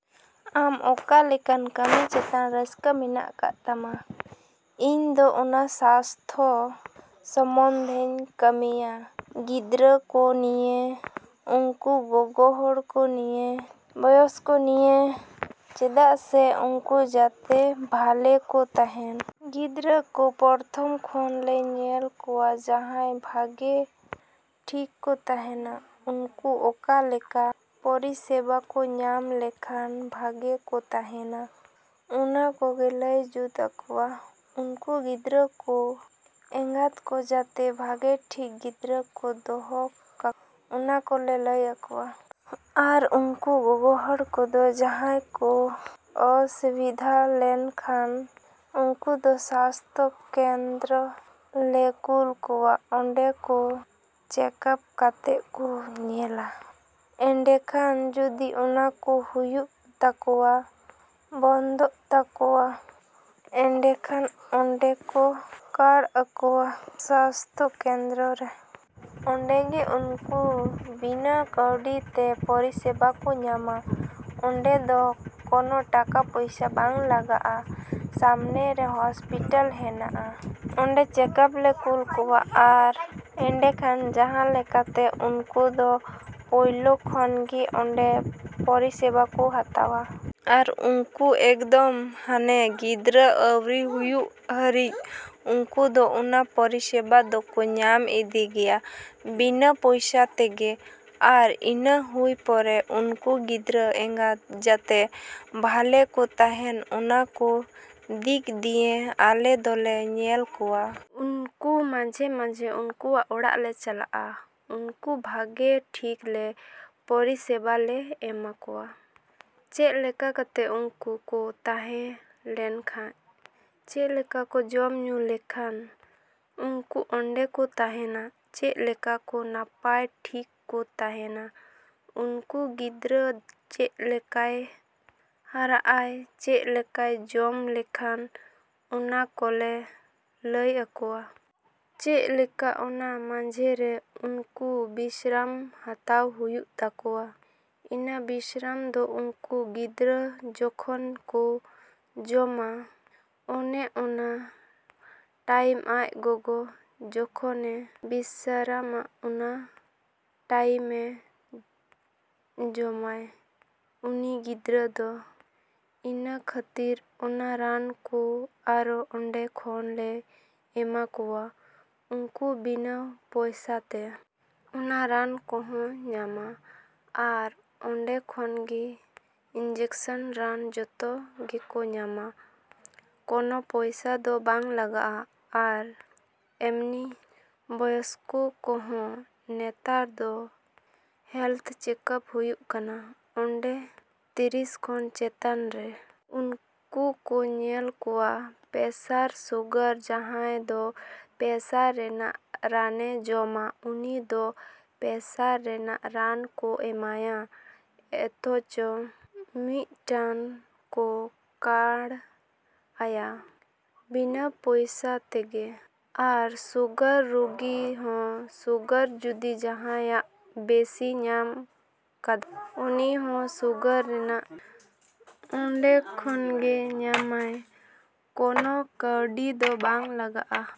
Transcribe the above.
‎ᱟᱢ ᱚᱠᱟ ᱞᱮᱠᱟᱱ ᱠᱟᱹᱢᱤ ᱪᱮᱛᱟᱱ ᱨᱟᱹᱥᱠᱟᱹ ᱢᱮᱱᱟᱜ ᱠᱟᱜ ᱛᱟᱢᱟ? ᱤᱧ ᱫᱚ ᱚᱱᱟ ᱥᱟᱥᱛᱷᱚ ᱥᱚᱢᱚᱱᱫᱷᱮᱧ ᱠᱟᱹᱢᱤᱭᱟ, ᱜᱤᱫᱽᱨᱟᱹ ᱠᱚ ᱱᱤᱭᱮ, ᱩᱱᱠᱩ ᱜᱚᱜᱚ ᱦᱚᱲ ᱠᱚ ᱱᱤᱭᱮ, ᱵᱚᱭᱚᱥᱠᱚ ᱠᱚ ᱱᱤᱭᱮ᱾ ᱪᱮᱫᱟᱜ ᱥᱮ ᱩᱱᱠᱩ ᱡᱟᱛᱮ ᱵᱷᱟᱞᱮ ᱠᱚ ᱛᱟᱦᱮᱱ᱾ ᱜᱤᱫᱽᱨᱟᱹ ᱠᱚ ᱯᱨᱚᱛᱷᱚᱢ ᱠᱷᱚᱱ ᱞᱮ ᱧᱮᱞ ᱠᱚᱣᱟ ᱡᱟᱦᱟᱸᱭ ᱵᱷᱟᱹᱜᱮ ᱴᱷᱤᱠ ᱠᱚ ᱛᱟᱦᱮᱱᱟ᱾ ᱩᱱᱠᱩ ᱚᱠᱟ ᱞᱮᱠᱟ ᱯᱚᱨᱤᱥᱮᱵᱟ ᱠᱚ ᱧᱟᱢ ᱞᱮᱠᱷᱟᱱ ᱵᱷᱟᱜᱮ ᱠᱚ ᱛᱟᱦᱮᱱᱟ, ᱚᱱᱟ ᱠᱚᱜᱮ ᱞᱟᱹᱭ ᱡᱩᱛ ᱟᱠᱚᱣᱟ᱾ ᱩᱱᱠᱩ ᱜᱤᱫᱽᱨᱟᱹ ᱠᱚ ᱮᱸᱜᱟᱛ ᱠᱚ ᱡᱟᱛᱮ ᱵᱷᱟᱜᱮ ᱴᱷᱤᱠ ᱜᱤᱫᱽᱨᱟᱹ ᱠᱚ ᱫᱚᱦᱚ ᱠᱟᱠᱚ, ᱚᱱᱟ ᱠᱚᱞᱮ ᱞᱟᱹᱭ ᱟᱠᱚᱣᱟ᱾ ᱟᱨ ᱩᱱᱠᱩ ᱜᱚᱜᱚ ᱦᱚᱲ ᱠᱚᱫᱚ ᱡᱟᱦᱟᱸᱭ ᱠᱚ ᱚᱥᱤᱵᱤᱫᱷᱟ ᱞᱮᱱᱠᱷᱟᱱ ᱩᱱᱠᱩ ᱫᱚ ᱥᱟᱥᱛᱷᱚ ᱠᱮᱱᱫᱨᱚ ᱞᱮ ᱠᱩᱞ ᱠᱚᱣᱟ᱾ ᱚᱸᱰᱮ ᱠᱚ ᱪᱮᱠᱟᱯ ᱠᱟᱛᱮᱫ ᱠᱚ ᱧᱮᱞᱟ᱾ ᱮᱸᱰᱮᱠᱷᱟᱱ ᱡᱩᱫᱤ ᱚᱱᱟ ᱠᱚ ᱦᱩᱭᱩᱜ ᱛᱟᱠᱚᱣᱟ, ᱵᱚᱱᱫᱚᱜ ᱛᱟᱠᱚᱣᱟ, ᱮᱸᱰᱮᱠᱷᱟᱱ ᱚᱸᱰᱮ ᱠᱚ ᱠᱟᱲ ᱟᱠᱚᱣᱟ ᱥᱟᱥᱛᱷᱚ ᱠᱮᱫᱽᱨᱚ ᱨᱮ᱾ ᱚᱸᱰᱮᱜᱮ ᱩᱱᱠᱩ ᱵᱤᱱᱟᱹ ᱠᱟᱹᱣᱰᱤ ᱛᱮ ᱯᱚᱨᱤᱥᱮᱵᱟ ᱠᱚ ᱧᱟᱢᱟ᱾ ᱚᱸᱰᱮ ᱫᱚ ᱠᱚᱱᱚ ᱴᱟᱠᱟ ᱯᱚᱭᱥᱟ ᱵᱟᱝ ᱞᱟᱜᱟᱜᱼᱟ᱾ ᱥᱟᱢᱱᱮ ᱨᱮ ᱦᱚᱥᱯᱤᱴᱟᱞ ᱦᱮᱱᱟᱜᱼᱟ, ᱚᱸᱰᱮ ᱪᱮᱠᱟᱯ ᱞᱮ ᱠᱩᱞ ᱠᱚᱣᱟ᱾ ᱟᱨ ᱮᱸᱰᱮᱠᱷᱟᱱ ᱡᱟᱦᱟᱸ ᱞᱮᱠᱟᱛᱮ ᱩᱱᱠᱩ ᱫᱚ ᱯᱳᱭᱞᱳ ᱠᱷᱚᱱᱜᱮ ᱚᱸᱰᱮ ᱯᱚᱨᱤᱥᱮᱵᱟ ᱠᱚ ᱦᱟᱛᱟᱣᱟ᱾ ᱟᱨ ᱩᱱᱠᱩ ᱮᱠᱫᱚᱢ ᱦᱟᱱᱮ ᱜᱤᱫᱽᱨᱟᱹ ᱟᱹᱣᱨᱤ ᱦᱩᱭᱩᱜ ᱦᱟᱹᱨᱤᱡ ᱩᱱᱠᱩ ᱫᱚ ᱚᱱᱟ ᱯᱚᱨᱤᱥᱮᱵᱟ ᱫᱚᱠᱚ ᱧᱟᱢ ᱤᱫᱤ ᱜᱮᱭᱟ ᱵᱤᱱᱟᱹ ᱯᱚᱭᱥᱟ ᱛᱮᱜᱮ᱾ ᱟᱨ ᱤᱱᱟᱹ ᱦᱩᱭ ᱯᱚᱨᱮ ᱩᱱᱠᱩ ᱜᱤᱫᱽᱨᱟᱹ ᱮᱸᱜᱟᱛ ᱡᱟᱛᱮ ᱵᱷᱟᱞᱮ ᱠᱚ ᱛᱟᱦᱮᱱ, ᱚᱱᱟ ᱠᱚ ᱫᱤᱠ ᱫᱤᱭᱮ ᱟᱞᱮ ᱫᱚᱞᱮ ᱧᱮᱞ ᱠᱚᱣᱟ᱾ ᱩᱱᱠᱩ ᱢᱟᱡᱷᱮ ᱢᱟᱡᱷᱮ ᱩᱱᱠᱩᱣᱟᱜ ᱚᱲᱟᱜ ᱞᱮ ᱪᱟᱞᱟᱜᱼᱟ᱾ ᱩᱱᱠᱩ ᱵᱷᱟᱜᱮ ᱴᱷᱤᱠ ᱞᱮ ᱯᱚᱨᱤᱥᱮᱵᱟ ᱞᱮ ᱮᱢᱟ ᱠᱚᱣᱟ᱾ ᱪᱮᱫ ᱞᱮᱠᱟ ᱠᱟᱛᱮᱜ ᱩᱱᱠᱩ ᱠᱚ ᱛᱟᱦᱮ ᱞᱮᱱᱠᱷᱟᱡ, ᱪᱮᱫ ᱞᱮᱠᱟ ᱠᱚ ᱡᱚᱢ ᱧᱩ ᱞᱮᱠᱷᱟᱱ ᱩᱱᱠᱩ ᱚᱸᱰᱮ ᱠᱚ ᱛᱟᱦᱮᱱᱟ, ᱪᱮᱫ ᱞᱮᱠᱟ ᱠᱚ ᱱᱟᱯᱟᱭ ᱴᱷᱤᱠ ᱠᱚ ᱛᱟᱦᱮᱱᱟ, ᱩᱱᱠᱩ ᱜᱤᱫᱽᱨᱟᱹ ᱪᱮᱫ ᱞᱮᱠᱟᱭ ᱦᱟᱨᱟᱜᱼᱟᱭ, ᱪᱮᱫ ᱞᱮᱠᱟᱭ ᱡᱚᱢ ᱞᱮᱠᱷᱟᱱ, ᱚᱱᱟ ᱠᱚᱞᱮ ᱞᱟᱹᱭ ᱟᱠᱚᱣᱟ᱾ ᱪᱮᱫ ᱞᱮᱠᱟ ᱚᱱᱟ ᱢᱟᱡᱷᱮᱨᱮ ᱩᱱᱠᱩ ᱵᱤᱥᱨᱟᱢ ᱦᱟᱛᱟᱣ ᱦᱩᱭᱩᱜ ᱛᱟᱠᱚᱣᱟ᱾ ᱤᱱᱟᱹ ᱵᱤᱥᱨᱟᱢ ᱫᱚ ᱩᱱᱠᱩ ᱜᱤᱫᱽᱨᱟᱹ ᱡᱚᱠᱷᱚᱱ ᱠᱚ ᱡᱚᱢᱟ, ᱚᱱᱮ ᱚᱱᱟ ᱴᱟᱭᱤᱢ ᱟᱡ ᱜᱚᱜᱚ ᱡᱚᱠᱷᱚᱱᱮ ᱵᱤᱥᱨᱟᱢᱟ, ᱚᱱᱟ ᱴᱟᱭᱤᱢᱮ ᱡᱚᱢᱟᱭ ᱩᱱᱤ ᱜᱤᱫᱽᱨᱟᱹ ᱫᱚ᱾ ᱤᱱᱟᱹ ᱠᱷᱟᱹᱛᱤᱨ ᱚᱱᱟ ᱨᱟᱱ ᱠᱚ ᱟᱨᱚ ᱚᱸᱰᱮ ᱠᱷᱚᱱ ᱞᱮ ᱮᱢᱟ ᱠᱚᱣᱟ ᱩᱱᱠᱩ ᱵᱤᱱᱟᱹ ᱯᱚᱭᱥᱟ ᱛᱮ᱾ ᱚᱱᱟ ᱨᱟᱱ ᱦᱚᱸᱠᱚ ᱧᱟᱢᱟ᱾ ᱟᱨ ᱚᱸᱰᱮ ᱠᱷᱚᱱ ᱜᱮ ᱤᱱᱡᱮᱠᱥᱮᱱ ᱨᱟᱱ ᱡᱚᱛᱚ ᱜᱮᱠᱚ ᱧᱟᱢᱟ, ᱠᱚᱱᱚ ᱯᱚᱭᱥᱟ ᱫᱚ ᱵᱟᱝ ᱞᱟᱜᱟᱜᱼᱟ᱾ ᱟᱨ ᱮᱢᱱᱤ ᱵᱚᱭᱚᱥᱠᱚ ᱠᱚᱦᱚᱸ ᱱᱮᱛᱟᱨ ᱫᱚ ᱦᱮᱞᱛᱷ ᱪᱮᱠᱟᱯ ᱦᱩᱭᱩᱜ ᱠᱟᱱᱟ ᱚᱸᱰᱮ ᱛᱤᱨᱤᱥ ᱠᱷᱚᱱ ᱪᱮᱛᱟᱱ ᱨᱮ᱾ ᱩᱱᱠᱩ ᱠᱚ ᱧᱮᱞ ᱠᱚᱣᱟ ᱯᱮᱥᱟᱨ, ᱥᱩᱜᱟᱨ, ᱡᱟᱦᱟᱸᱭ ᱫᱚ ᱯᱮᱥᱟᱨ ᱨᱮᱱᱟᱜ ᱨᱟᱱᱮ ᱡᱚᱢᱟ, ᱩᱱᱤ ᱫᱚ ᱯᱮᱥᱟᱨ ᱨᱮᱱᱟᱜ ᱨᱟᱱ ᱠᱚ ᱮᱢᱟᱭᱟ, ᱚᱛᱷᱚᱪᱚ ᱢᱤᱫᱴᱟᱱ ᱠᱚ ᱠᱟᱲ ᱟᱭᱟ ᱵᱤᱱᱟᱹ ᱯᱚᱭᱥᱟ ᱛᱮᱜᱮ᱾ ᱟᱨ ᱥᱩᱜᱟᱨ ᱨᱩᱜᱤ ᱦᱚᱸ ᱥᱩᱜᱟᱨ ᱡᱩᱫᱤ ᱡᱟᱦᱟᱸᱭᱟᱜ ᱵᱮᱥᱤ ᱧᱟᱢ ᱠᱟᱫᱟᱭ, ᱩᱱᱤ ᱦᱚᱸ ᱥᱩᱜᱟᱨ ᱨᱮᱱᱟᱜ ᱨᱟᱱ ᱚᱸᱰᱮ ᱠᱷᱚᱱᱜᱮ ᱧᱟᱢ ᱟᱭ, ᱠᱳᱱᱳ ᱠᱟᱹᱣᱰᱤ ᱫᱚ ᱵᱟᱝ ᱞᱟᱜᱟᱜᱼᱟ᱾।